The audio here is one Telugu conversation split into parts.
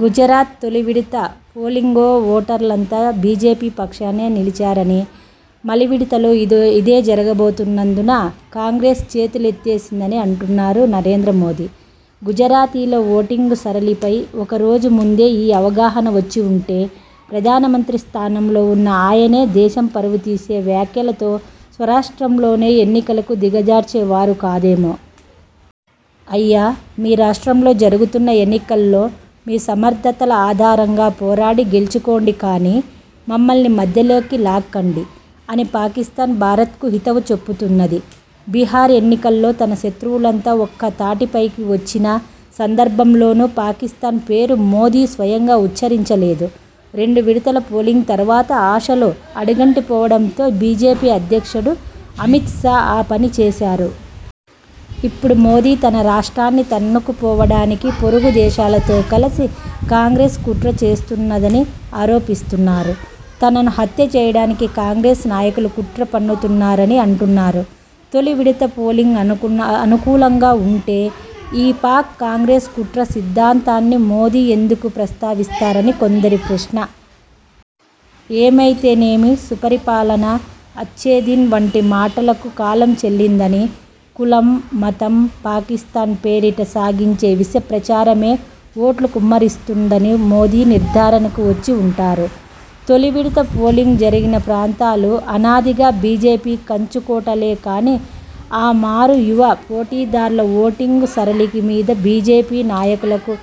గుజరాత్ తొలివిడత పోలింగ్లో ఓటర్లంతా బీజేపీ పక్షానే నిలిచారనీ, మలి విడతలోనూ ఇదే జరగబోతున్నందున కాంగ్రెస్ చేతులెత్తేసిందని అటున్నారు నరేంద్రమోదీ. గుజరాతీల ఓటింగ్ సరళిపై ఒకరోజు ముందే ఈ అవగాహన వచ్చివుంటే, ప్రధాన మంత్రి స్థానంలో ఉన్న ఆయనే దేశం పరువు తీసే వ్యాఖ్యలతో స్వరాష్ట్రంలోని ఎన్నికలకు దిగజార్చే వారు కాదేమో! 'అయ్యా! మీ రాష్ట్రంలో జరుగుతున్న ఎన్నికల్లో మీ సమర్థతల ఆధారంగా పోరాడి గెల్చుకోండి కానీ, మమ్మల్ని మధ్యలోకి లాగకండి' అని పాకిస్థాన్ భారత్కు హితవు చెబుతున్నది. బీహార్ ఎన్నికల్లో తన శత్రువులంతా ఒక్క తాటిపైకి వచ్చిన సందర్భంలోనూ పాకిస్థాన్ పేరు మోదీ స్వయంగా ఉచ్చరించలేదు. రెండు విడతల పోలింగ్ తరువాత ఆశలు అడుగంటిపోవడంతో బీజేపీ అధ్యక్షుడు అమిత్ షా ఆ పనిచేశారు. ఇప్పుడు మోదీ తన రాష్ట్రాన్ని తన్నుకుపోవడానికి పొరుగు దేశంతో కలసి కాంగ్రెస్ కుట్ర చేస్తున్నదని ఆరోపిస్తున్నారు. తనను హత్య చేయడానికి కాంగ్రెస్ నాయకులు కుట్ర పన్నుతున్నారని అంటున్నారు. తొలి విడత పోలింగ్ అనుకున్న అనుకూలంగా ఉంటే, ఈ పాక్ కాంగ్రెస్ కుట్ర సిద్ధాంతాన్ని మోదీ ఎందుకు ప్రస్తావిస్తారని కొందరి ప్రశ్న. ఏమైతే నేమి, సుపరి పాలన, అచ్ఛేదిన్ వంటి మాటలకు కాలం చెల్లిందనీ, కులం, మతం, పాకిస్థాన్ పేరిట సాగించే విష ప్రచారమే ఓట్లు కుమ్మరిస్తుందని మోదీ నిర్థారణకు వచ్చి వుంటారు. తొలి విడత పోలింగ్ జరిగిన ప్రాంతాలు అనాదిగా బీజేపీ కంచుకోటలే కానీ, ఆ మారు యువ పాటీదార్ల ఓటింగ్ సరళి మీద బీజేపీ నాయకులకు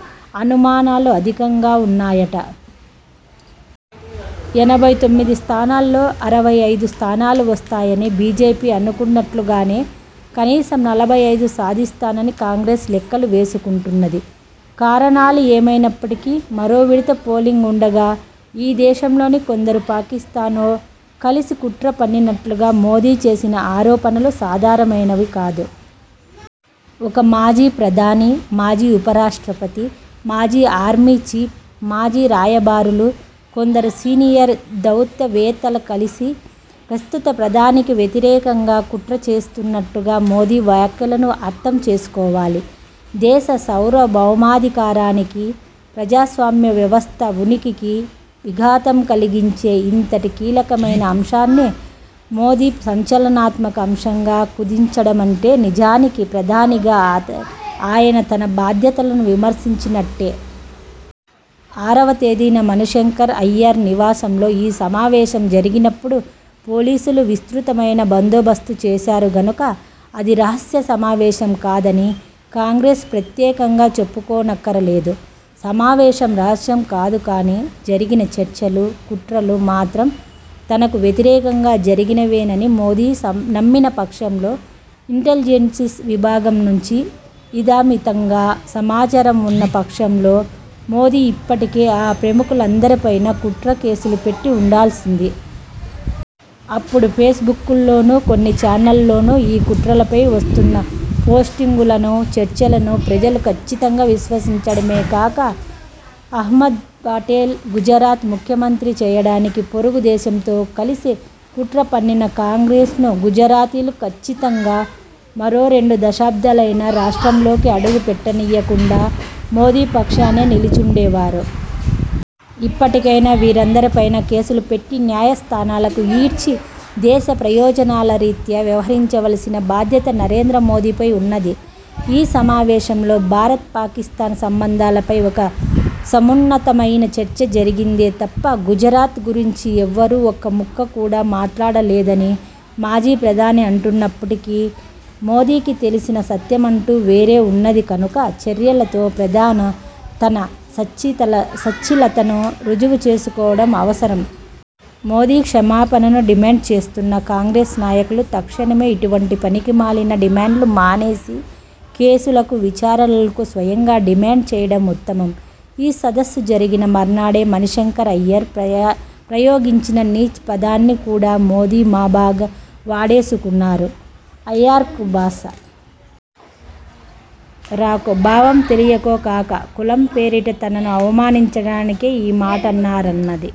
అనుమానాలు అధికంగా ఉన్నాయట. ఎనభై తొమ్మిది స్థానాల్లో అరవై ఐదు స్థానాలు వస్తాయని బీజేపీ అనుకుంటున్నట్టుగానే, కనీసం నలభై ఐదు సాధిస్తానని కాంగ్రెస్ లెక్కలు వేసుకుంటున్నది. కారణాలు ఏమైనప్పటికీ, మరో విడత పోలింగ్ ఉండగా ఈ దేశంలోని కొందరు పాకిస్థాన్తో కలసి కుట్ర పన్నినట్టుగా మోదీ చేసిన ఆరోపణ సాధారణమైనది కాదు. ఒక మాజీ ప్రధాని, మాజీ ఉపరాష్ట్రపతి, మాజీ ఆర్మీ చీఫ్, మాజీ రాయబారులు, కొందరు సీనియర్ దౌత్య వేత్తలు కలసి ప్రస్తుత ప్రధానికి వ్యతిరేకంగా కుట్ర చేస్తూనట్టుగా మోదీ వ్యాఖ్యలను అర్థం చేసుకోవాలి. దేశ సార్వభౌమాధికారానికీ, ప్రజాస్వామ్య వ్యవస్థ ఉనికికీ విఘాతం కలిగించే ఇంతటి కీలకమైన అంశాన్ని మోదీ సంచలన్మాతక అశంగా కుదించడమంటే నిజానికి ప్రధానిగా ఆయన తన బాధ్యతలను విమర్శించినట్టే. ఆరవ తేదీన మణిశంకర్ అయ్యర్ నివాసంలో ఈ సమావేశం జరిగినప్పుడు పోలీసులు విస్తృతమైన బందోబస్తు చేశారు కనుక, అది రహస్య సమావేశం కాదని కాంగ్రెస్ ప్రత్యేకంగా చెప్పుకోనక్కరలేదు. సమావేశం రహస్యం కాదు కానీ, జరిగిన చర్చలు, కుట్రలు మాత్రం తనకు వ్యతిరేకంగా జరిగినవేనని మోదీ నమ్మిన పక్షంలో, ఇంటలిజెన్స్ విభాగం నుంచి ఇదమిత్థంగా సమాచారం ఉన్న పక్షంలో మోదీ ఇప్పటికే ఈ ప్రముఖులందరిపైనా కుట్ర కేసులు పెట్టి వుండాల్సింది. అప్పుడు ఫేస్బుక్కుల్లోనూ, కొన్ని చానెళ్ళలోనూ ఈ కుట్రల పై వస్తున్న పోస్టింగులనూ, చర్చలను ప్రజలు కచ్చితంగా విశ్వసించడమే కాక, అహ్మద్పటేల్ను గుజరాత్ ముఖ్యమంత్రి చేయడానికి పొరుగు దేశంతో కలసి కుట్ర పన్నిన కాంగ్రెస్ను గుజరాతీలు కచ్చితంగా మరో రెండు దశాబ్దాలైనా రాష్ట్రంలోకి అడుగుపెట్టనీయకుండా మోదీ పక్షానే నిలిచివుండేవారు. ఇప్పటికైనా, వీరందరిపైనా కేసులు పెట్టి న్యాయ స్థానాలకు ఈడ్చి దేశ ప్రయోజనాల రీత్యా వ్యవహరించవలసిన బాధ్యత నరేంద్రమోదీ పై ఉన్నది. ఈ సమావేశంలో భారత్ పాకిస్థాన్ సంబంధాలపై ఒక సమున్నతమైన చర్చ జరిగిందే తప్ప గుజరాత్ గురించి ఎవ్వరూ ఒక్క ముక్క కూడా మాట్లాడలేదని మాజీ ప్రధాని అంటున్నప్పటికీ, మోదీకి తెలిసిన సత్యమంటూ వేరేవున్నది కనుక, చర్యలతో ప్రధాని తన సచితల సచ్ఛీలతను రుజువు చేసుకోవడం అవసరం. మోదీ క్షమాపణను డిమాండ్ చేస్తున్న కాంగ్రెస్ నాయకులు తక్షణమే ఇటువంటి పనికిమాలిన డిమాండ్లు మానేసి, కేసులకూ, విచారణకూ స్వయంగా డిమాండ్ చేయడం ఉత్తమం. ఈ సదస్సు జరిగిన మర్నాడే మణిశంకర్ అయ్యర్ ప్రయోగించిన నీచ్ పదాన్ని కూడా మోదీ మా బాగా వాడేసుకున్నారు. అయ్యర్కు భాష రాకో, భావం తెలియకో కాక, కులం పేరిట తనను అవమానించడానికే ఈ మాటన్నారన్నది